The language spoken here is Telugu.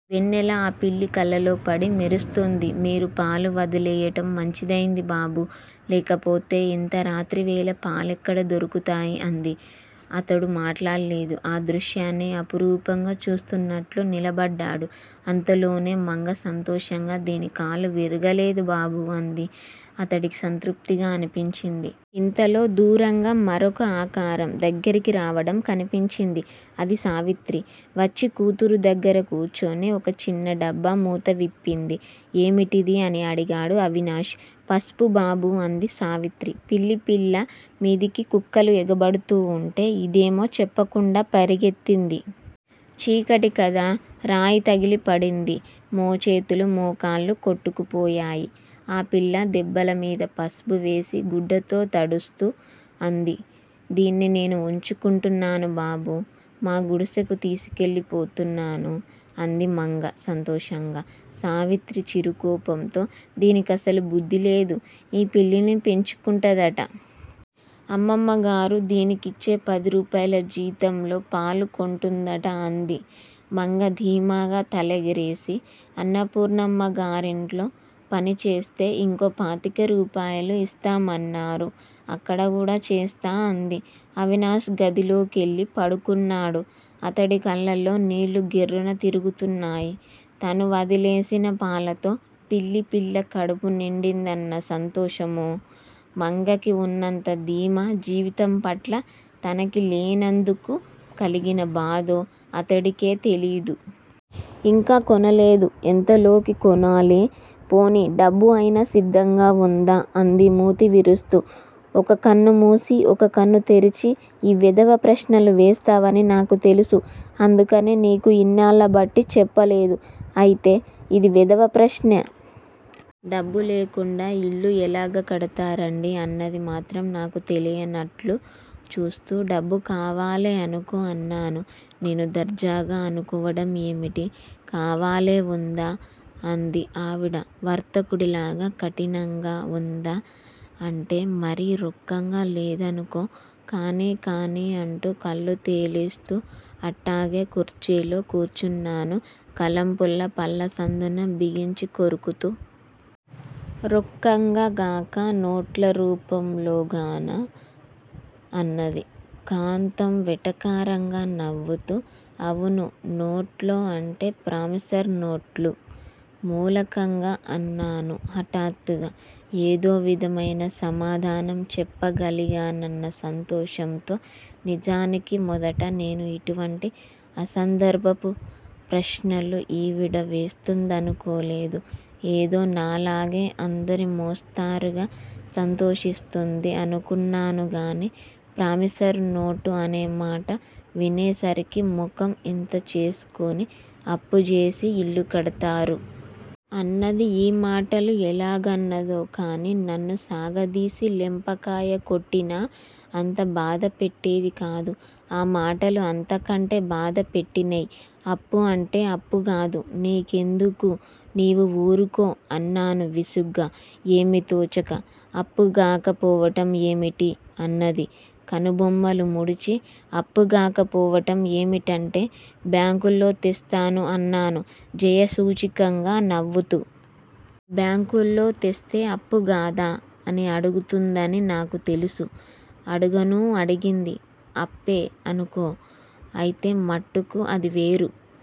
వెన్నెల ఆ పిల్లి కళ్ళల్లోపడి మెరుస్తోంది. మీరు పాలు వదిలేయటం మంచిదయింది బాబూ. లేకపోతే ఇంత రాత్రివేళ పాలెక్కడ దొరుకుతాయి అంది. అతడు మాట్లాడలేదు. ఆ దృశ్యాన్నే అపురూపంగా చూస్తున్నట్లు నిలబడ్డాడు. అంతలోనే మంగ సంతోషంగా దీని కాలు విరగలేదు బాబూ అంది. అతడికి సంతృప్తిగా అనిపించింది. ఇంతలో దూరంగా మరొక ఆకారం దగ్గరికి రావడం కనిపించింది. అది సావిత్రి. వచ్చి కూతురి దగ్గర కూర్చొని ఒక చిన్న డబ్బా మూతవిప్పింది. ఏమిటిది? అని అడిగాడు అవినాష్. పసుపు బాబూ అంది సావిత్రి. పిల్లిపిల్ల మీదకి కుక్కలు ఎగబడుతూ వుంటే ఇదేమో చెప్పకుండా పరిగెత్తింది. చీకటి కదా. రాయితగిలి పడింది. మోచేతులు, మోకాళ్ళు కొట్టుకుపోయాయి ఆ పిల్ల దెబ్బల మీద పసుపువేసి గుడ్డతో తడుస్తూ అంది. దీన్ని నేను వుంచుకుంటున్నానుబాబూ. మా గుడిసెకి తీసికెళ్ళి పోతున్నాను అంది మంగ సంతోషంగా. సావిత్రి చిరుకోపంతో దీని కసలు బుద్ధిలేదు. ఈ పిల్లిని పెంచుతుందట. అమ్మగారు దీనికిచ్చే పదిరూపాయలు జీతంలో పాలు కొంటుందట అంది. మంగ ధీమాగా తలెగరెసి అన్నపూర్ణమ్మగారింట్లో పనిచేస్తే ఇంకో పాతిక రూపాయలు యిస్తామన్నారు. అక్కడకూడా చేస్తా అంది. అవినాష్ గదిలోకెళ్ళి పడుకున్నాడు. అతడి కళ్ళల్లో నీళ్ళు గిర్రున తిరుగుతున్నాయి. తను వదిలేసినా పాలతో పిల్లిపిల్ల కడుపు నిందిందన్న సంతోషమో, మంగకి వున్నంత ధీమా జీవితంపట్ల తనకి లేనందుకు కలిగిన బాధో అతడికే తెలీదు. 'యింకా కొనలేదు, ఎంతలోకి కొనాలె! ' 'పోనీ డబ్బు అయినా సిద్దంగా ఉందా' అంది మూతి విరుస్తూ ఒక కన్ను మూసి ఒక కన్ను తెరచి. 'ఈ వెధవ ప్రశ్నలు వేస్తావని నాకు తెలుసు. అందుకనే నీకు యిన్నాళ్ళ బట్టీ చెప్పలేదు. అయితే యిది వెధవప్రశ్న?? డబ్బు లేకుండా యిల్లు ఎల్లాగ కడతారండీ అన్నది మాత్రం నాకు తెలియదన్నట్లు చూస్తూ. 'డబ్బు కావాలే అనుకో' అన్నాను నేను దర్జాగా 'అనుకోవటం ఏమిటీ? కావాలె_ఉందా? ' అంది ఆవిడ వర్తకుడిలాగ కఠినంగా? 'ఉందా అంటేమరీ రొక్కంగా లేదనుకో కానీ కానీ ' అంటూ కళ్ళు తేలేస్తూ అట్టాగే కుర్చీలో కూర్చున్నాను కలంపుల్ల పళ్ళసందున బిగించికొరుకుతూ. 'రొక్కంగా గాక నోట్లరూపంగానా అన్నది కాంతం వెటకారంగా నవ్వుతూ. ' 'అవునూ నోట్లో అంటే ప్రానిసరీనోట్లు మూలకంగా' అన్నాను. హఠాత్తుగా ఏదోవిధమైన సమాధానం చెప్పగలిగినానన్న సంతోషంతో నిజానికి మొదట నేను ఇటువంటి అసందర్భపు ప్రశ్నలు ఈవిడ వేస్తుందనుకోలేదు ఏదోనాలాగే అందరి మోస్తరుగా సంతోషిస్తుంది అనుకున్నానుగాని. ప్రామసరీ నోటు అనేమాట వినేసరికి, ముఖం ఇంత జేసుకొని అప్పుజేసి ఇల్లుకడతారూ? అన్నది. ఈమాటలు ఎల్లాగన్నదో కానినన్ను సాగదీసి లెంపకాయ కొట్టినా, అంతబాధ పెట్టేదికాదు. ఆ మాటలు అంతకంటె బాధపెట్టినయి. 'అప్పు అంటే అప్పుగాదు. నీ కెందుకూ నీవు ఊరుకో' అన్నాను విసుగ్గా ఏమీ తోచక. 'అప్పుగాక పోవటం ఏమిటి? అన్నది కనుబొమ్మలు ముడిచి. 'అప్పుగాక పోవటం ఏమిటంటే బ్యాంకులో తెస్తాను' అన్నాను జయసూచకంగా నవ్వుతూ. 'బ్యాంకులో తెస్తే అప్పుగాదా? అని అడుగుతుందని నాకు తెలుసూ. అడగనూ అడిగింది. ' అప్పే అనుకో, అయితే మట్టుకు అదివేరు.